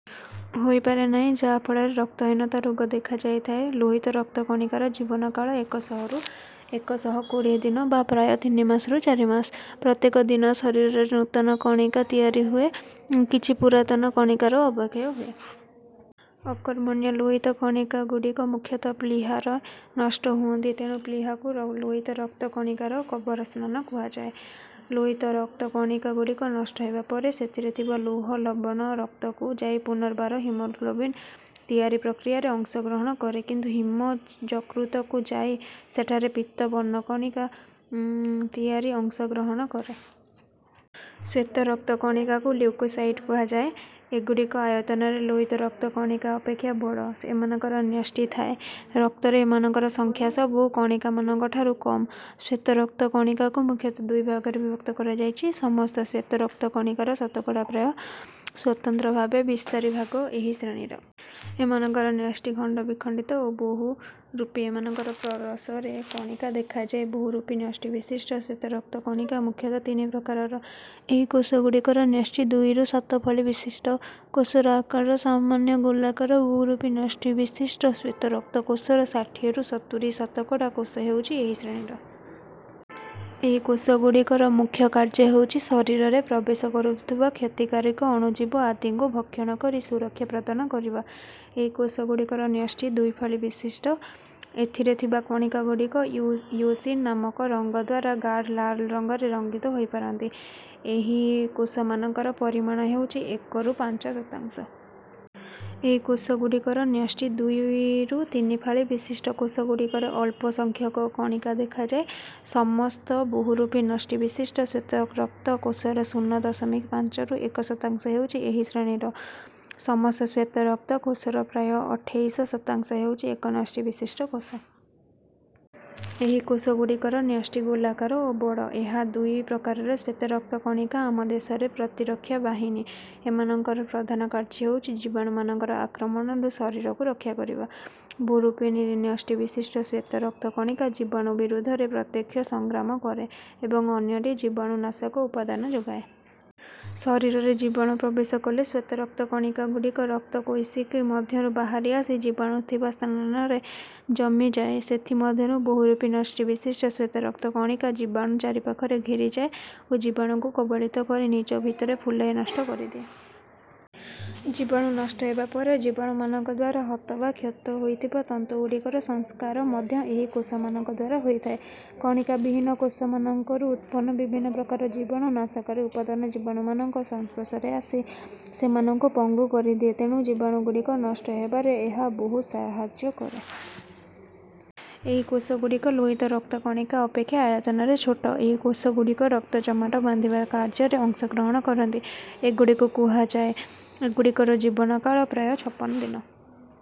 ହୋଇପାରେ ନାହିଁ ଯାହା ଫଳରେ ରକ୍ତହୀନତା ରୋଗ ଦେଖା ଦେଇଥାଏ। ଲୋହିତ ରକ୍ତ କଣିକାର ଜୀବନକାଳ ଏକ ଶହରୁ ଏକ ଶହ କୋଡ଼ିଏ ଦିନ ବା ପ୍ରାୟ ତିନିମାସରୁ ଚାରି ମାସ। ପ୍ରତ୍ୟେକ ଦିନ ଶରୀରରେ ନୂତନ କଣିକା ତିଆରି ହୁଏ ଓ କିଛି ପୁରାତନ କଣିକାର ଅବକ୍ଷୟ ହୁଏ। ଅକର୍ମଣ୍ୟ ଲୋହିତ କଣିକାଗୁଡ଼ିକ ମୁଖ୍ୟତଃ ପ୍ଳୀହାର ନଷ୍ଟ ହୁଅନ୍ତି। ତେଣୁ ପ୍ଳୀହାକୁ ଲୋହିତରକ୍ତ କଣିକାର କବରସ୍ଥାନ କୁହାଯାଏ। ଲୋହିତରକ୍ତ କଣିକାଗୁଡ଼ିକ ନଷ୍ଟ ହେବାପରେ ସେଥିରେ ଥିବା ଲୌହଲବଣ ରକ୍ତକୁ ଯାଇ ପୁନର୍ବାର ହିମୋଗ୍ଲୋବିନ ତିଆରି ପ୍ରକ୍ରିୟାରେ ଅଂଶଗ୍ରହଣ କରେ କିନ୍ତୁ ହିମ ଯକୃତକୁ ଯାଇ ସେଠାରେ ପିତ୍ତ ବର୍ଣ୍ଣକଣିକା ଉଁ ତିଆରି ଅଂଶଗ୍ରହଣ କରେ। ଶ୍ୱେତ ରକ୍ତ କଣିକାକୁ ଲିଉକୋସାଇଟ କୁହାଯାଏ। ଏଗୁଡ଼ିକ ଆୟତନରେ ଲୋହିତ ରକ୍ତ କଣିକା ଅପେକ୍ଷା ବଡ଼। ଏମାନଙ୍କର ନ୍ୟଷ୍ଟି ଥାଏ। ରକ୍ତରେ ଏମାନଙ୍କର ସଂଖ୍ୟାସବୁ କଣିକାମାନଙ୍କ ଠାରୁ କମ। ଶ୍ୱେତ ରକ୍ତ କଣିକାକୁ ମୁଖ୍ୟତଃ ଦୁଇ ଭାଗରେ ବିଭକ୍ତ କରାଯାଇଛି ସମସ୍ତ ଶ୍ୱେତ ରକ୍ତ କଣିକାର ଶତକଡ଼ା ପ୍ରାୟ ସ୍ୱତନ୍ତ୍ର ଭାବେ ବିସ୍ତାରି ଭାଗ ଏହି ଶ୍ରେଣୀର। ଏମାନଙ୍କର ନ୍ୟଷ୍ଟି ଖଣ୍ଡବିଖଣ୍ଡିତ ଓ ବହୁରୂପୀ। ଏମାନଙ୍କର ପ୍ରରସ ରେ କଣିକା ଦେଖାଯାଏ। ବହୁରୂପୀ ନ୍ୟଷ୍ଟିବିଶିଷ୍ଟ ଶ୍ୱେତ ରକ୍ତ କଣିକା ମୁଖ୍ୟତଃ ତିନି ପ୍ରକାରର ଏହି କୋଷଗୁଡ଼ିକର ନ୍ୟଷ୍ଟି ଦୁଇରୁ ସାତ ପାଳି ବିଶିଷ୍ଟ। କୋଷର ଆକାର ସାମାନ୍ୟ ଗୋଲାକାର। ବହୁରୂପୀ ନ୍ୟଷ୍ଟି ବିଶିଷ୍ଟ ଶ୍ୱେତ ରକ୍ତ କୋଷର ଷାଠିଏରୁ ସତୁରି ଶତକଡ଼ା କୋଷ ହେଉଛି ଏହି ଶ୍ରେଣୀର। ଏହି କୋଷଗୁଡ଼ିକର ମୁଖ୍ୟ କାର୍ଯ୍ୟ ହେଉଛି ଶରୀରରେ ପ୍ରବେଶ କରୁଥିବା କ୍ଷତିକାରକ ଅଣୁଜୀବ ଆଦିକୁ ଭକ୍ଷଣ କରି ସୁରକ୍ଷା ପ୍ରଦାନ କରିବା। ଏହିକୋଷଗୁଡ଼ିକର ନ୍ୟଷ୍ଟି ଦୁଇ ପାଳି ବିଶିଷ୍ଟ। ଏଥିରେ ଥିବା କଣିକାଗୁଡ଼ିକ ଇଓସିନ ନାମକ ରଙ୍ଗଦ୍ୱାରା ଗାଢ଼ ଲାଲ ରଙ୍ଗରେ ରଙ୍ଗିତ ହୋଇପାରନ୍ତି। ଏହି କୋଷମାନଙ୍କର ପରିମାଣ ହେଉଛି ଏକରୁ ପାଞ୍ଚ ଶତାଂଶ। ଏହି କୋଷଗୁଡ଼ିକର ନ୍ୟଷ୍ଟି ଦୁଇରୁ ତିନି ପାଳି ବିଶିଷ୍ଟ। କୋଷଗୁଡ଼ିକରେ ଅଳ୍ପ ସଂଖ୍ୟକ କଣିକା ଦେଖାଯାଏ। ସମସ୍ତ ବହୁରୂପୀ ନ୍ୟଷ୍ଟିବିଶିଷ୍ଟ ଶ୍ୱେତରକ୍ତ କୋଷର ଶୂନ ଦଶମିକ ପାଞ୍ଚରୁ ଏକ ଶତାଂଶ ହେଉଛି ଏହି ଶ୍ରେଣୀର। ସମସ୍ତ ଶ୍ୱେତ ରକ୍ତ କୋଷର ପ୍ରାୟ ଅଠେଇଶ ଶତାଂଶ ହେଉଛି ଏକ ନ୍ୟଷ୍ଟିବିଶିଷ୍ଟ କୋଷ। ଏହି କୋଷଗୁଡ଼ିକର ନ୍ୟଷ୍ଟି ଗୋଲାକାର ଓ ବଡ଼। ଏହା ଦୁଇ ପ୍ରକାରର ଶ୍ୱେତ ରକ୍ତ କଣିକା ଆମ ଦେଶରେ ପ୍ରତିରକ୍ଷା ବାହିନୀ। ଏମାନଙ୍କର ପ୍ରଧାନ କାର୍ଯ୍ୟ ହେଉଛି ଜୀବାଣୁମାନଙ୍କ ଆକ୍ରମଣରୁ ଶରୀରକୁ ରକ୍ଷା କରିବା। ବହୁରୂପୀ ନ୍ୟଷ୍ଟି ବିଶିଷ୍ଟ ଶ୍ୱେତ ରକ୍ତକଣିକା ଜୀବାଣୁ ବିରୁଦ୍ଧରେ ପ୍ରତ୍ୟକ୍ଷ ସଂଗ୍ରାମ କରେ ଏବଂ ଅନ୍ୟଟି ଜୀବାଣୁନାଶକ ଉପାଦାନ ଯୋଗାଏ। ଶରୀରରେ ଜୀବାଣୁ ପ୍ରବେଶ କଲେ ଶ୍ୱେତ ରକ୍ତ କଣିକାଗୁଡ଼ିକ ରକ୍ତ କୈଶିକ ମଧ୍ୟରୁ ବାହାରି ଆସି ଜୀବାଣୁ ଥିବା ସ୍ଥାନରେ ଜମିଯାଏ। ସେଥିମଧ୍ୟରୁ ବହୁରୂପୀ ନ୍ୟଷ୍ଟିବିଶିଷ୍ଟ ଶ୍ୱେତ ରକ୍ତ କଣିକା ଜୀବାଣୁ ଚାରିପାଖରେ ଘେରିଯାଏ ଓ ଜୀବାଣୁକୁ କବଳିତ କରି ନିଜ ଭିତରେ ଫୁଲାଇ ନଷ୍ଟ କରିଦିଏ। ଜୀବାଣୁ ନଷ୍ଟ ହେବାପରେ ଜୀବାଣୁମାନଙ୍କଦ୍ୱାରା ହତ ବା କ୍ଷତ ହୋଇଥିବା ତନ୍ତୁଗୁଡ଼ିକର ସଂସ୍କାର ମଧ୍ୟ ଏହି କୋଷମାନଙ୍କଦ୍ୱାରା ହୋଇଥାଏ। କଣିକାବିହୀନ କୋଷମାନଙ୍କରୁ ଉତ୍ପନ୍ନ ବିଭିନ୍ନ ପ୍ରକାର ଜୀବାଣୁ ନାଶକାରୀ ଉପାଦାନ ଜୀବାଣୁମାନଙ୍କ ସଂସ୍ପର୍ଶରେ ଆସି ସେମାନଙ୍କୁ ପଙ୍ଗୁ କରିଦିଏ। ତେଣୁ ଜୀବାଣୁଗୁଡ଼ିକ ନଷ୍ଟ ହେବାରେ ଏହା ବହୁତ ସାହାଯ୍ୟ କରେ। ଏହି କୋଷଗୁଡ଼ିକ ଲୋହିତ ରକ୍ତ କଣିକା ଅପେକ୍ଷା ଆତୟନରେ ଛୋଟ। ଏହି କୋଷଗୁଡ଼ିକ ରକ୍ତ ଜମାଟ ବାନ୍ଧିବା କାର୍ଯ୍ୟରେ ଅଂଶଗ୍ରହଣ କରନ୍ତି। ଏଗୁଡ଼ିକୁ କୁହାଯାଏ। ଏଗୁଡ଼ିକର ଜୀବନକାଳ ପ୍ରାୟ ଛପନ ଦିନ।